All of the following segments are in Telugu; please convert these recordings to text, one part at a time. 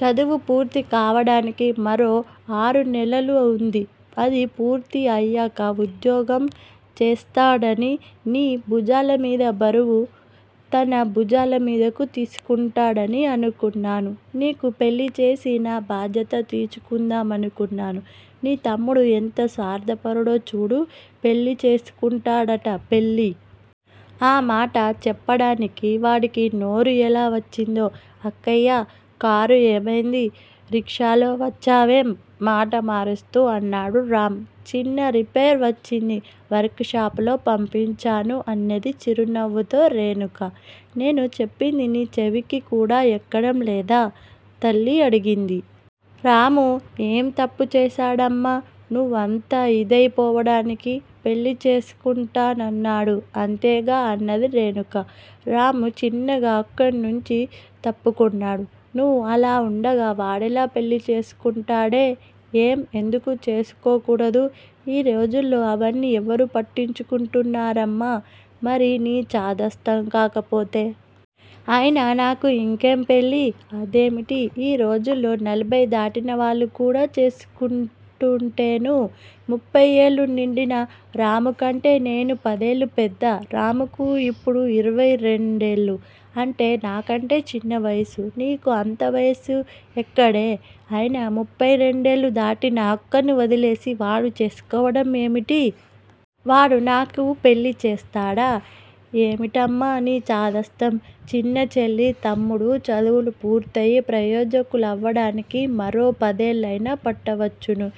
చదువు పూర్తి కావడానికి మరో ఆరు నెలలు వుంది. అది పూర్తి అయ్యాక ఉద్యోగం చేస్తాడనీ, నీ భుజాల మీది బరువును తన భుజాల మీదకు తీసుకుంటాడనీ అనుకున్నాను. నీకు పెళ్ళి చేసి నా బాధ్యత తీర్చుకుందామనుకున్నాను. నీ తమ్ముడు ఎంత స్వార్థపరుడో చూడు. పెళ్ళి చేసుకుంటాడట పెళ్ళి! ఆ మాట చెప్పడానికి వాడికి నోరు ఎలా వచ్చిందో? అక్కయ్యా! కారు ఏమైంది? రిక్షాలో వచ్చేవేం? మాట మారుస్తూ అన్నాడు రాము. చిన్న రిపైర్ వచ్చింది. వర్కుషాపుకు పంపించాను అన్నది చిరునవ్వుతో రేణుక. నేను చెప్పింది నీ చెవికి కూడా ఎక్కడం లేదా? తల్లి అడిగింది. రాము ఏం తప్పుచేశాడమ్మా నువ్వంత ఇదై పోవడానికి? పెళ్ళి చేసుకుంటానన్నాడు అంతేగా అన్నది రేణుక. రాము చిన్నగా అక్కడ నుంచి తప్పుకున్నాడు. నువ్వు అలా ఉండగా వాడెలా పెళ్ళి చేసుకుంటాడే? ఏం ఎందుకు చేసుకోకూడదూ? ఈ రోజుల్లో అవన్నీ ఎవరు పట్టించుకుంటున్నారమ్మా! మరీ నీచాదస్తం కాకపోతే? అయినా నాకు ఇంకేం పెళ్ళి? అదేమిటి? ఈ రోజుల్లో నలభైదాటినవాళ్ళు కూడా చేసుకుంటుంటేనూ? ముప్పయ్ ఏళ్ళు నిండని రామూ కంటే నేను పదేళ్ళు పెద్ద. రామూకు ఇప్పుడు ఇరవై రెండేళ్ళు. అంటే నాకంటే చిన్న వయసు? నీకు అంత వయసు ఎక్కడే? అయినా ముప్పయ్ రెండేళ్ళు దాటిన అక్కను వదిలేసి వాడు చేసుకోవడం ఏమిటి? వాడు నాకు పెళ్ళి చేస్తాడా? ఏమిటమ్మా నీ చాదస్తం! చిన్న చెల్లీ, తమ్ముడూ చదువులు పూర్తయి ప్రయోజకులవడానికి మరో పదేళ్ళయినా పట్టవచ్చును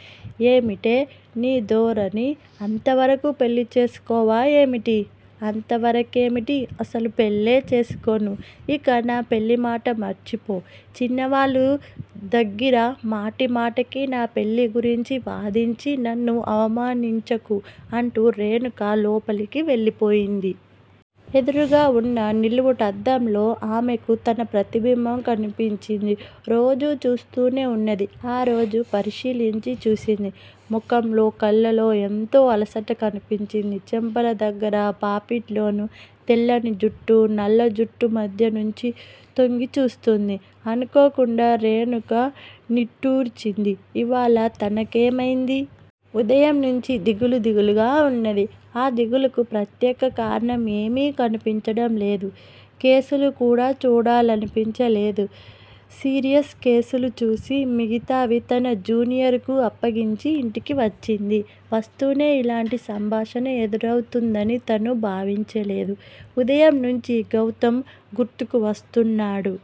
ఏమిటే నీ ధోరణి, అంతవరకూ పెళ్ళి చేసుకోవా ఏమిటి? అంతవరకే ఏమిటి? అసలు పెళ్ళే చేసుకోను! ఇక నా పెళ్ళిమాట మర్చిపో! చిన్నవాళ్ళ దగ్గిర మాటిమాటికి నా పెళ్ళి గురించి వాదించి నన్ను అవమానించకు అంటూ రేణుక లోపలకు వెళ్ళిపోయింది. ఎదురుగా వున్న నిలువుటద్దంలో ఆమెకు తన ప్రతిబింబం కన్పించింది. రోజూ చూస్తూనే ఉన్నది. ఆరోజు పరిశీలించి చూసింది. ముఖంలో, కళ్ళలో ఎంతో అలసట కన్పించింది. చెంపల దగ్గర, పాపిట్లోనూ తెల్లని జుట్టు నల్ల జుట్టు మధ్య నుంచి తొంగి చూస్తున్నది. అనుకోకుండా రేణుక నిట్టూర్చింది. ఇవాళ తనకేమైంది? ఉదయంనుంచీ దిగులు దిగులుగా ఉన్నది. ఆ దిగులుకు ప్రత్యేక కారణం ఏమీ కన్పించడం లేదు. కేసులు కూడా చూడాలనిపించలేదు. సీరియస్ కేసులు చూసి మిగతావి తన జూనియర్ కు అప్పగించి ఇంటికి వచ్చింది. వస్తూనే ఇలాంటి సంభాషణ ఎదురౌతుందని తను భావించలేదు. ఉదయం నుంచి గౌతమ్ గుర్తుకు వస్తున్నాడు.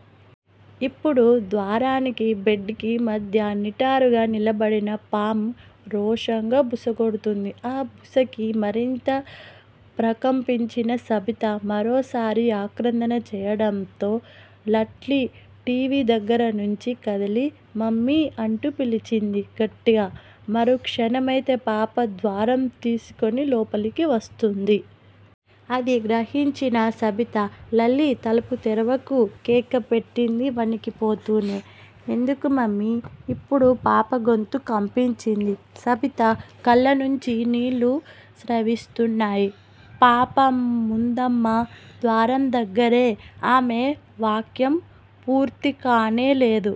ఇప్పుడు ద్వారానికి బెడ్ కి మధ్య నిటారుగా నిలబడిన పాము రోషంగా బుసకొడుతూంది. ఆ బుసకి మరింత ప్రకంపించిన సబిత మరోసారి ఆక్రందన చేయడంతో లల్లీ టి. వి. దగ్గర నుంచి కదిలి మమ్మీ అంటూ పిలిచింది గట్టిగా మరుక్షణమైతే పాప ద్వారం తోసుకుని లోపలికి వస్తుంది. అది గ్రహించిన సబిత లల్లీ తలుపు తెరవకు కేకపెట్టింది వణికిపోతూనే. ఎందుకు మమ్మీ? ఇప్పుడు పాపగొంతు కంపించింది. సబిత కళ్ళనుంచి నీళ్ళు స్రవిస్తున్నాయి. పా పాముందమ్మా. ద్వారం దగ్గరే ఆమె వాక్యం పూర్తికానేలేదు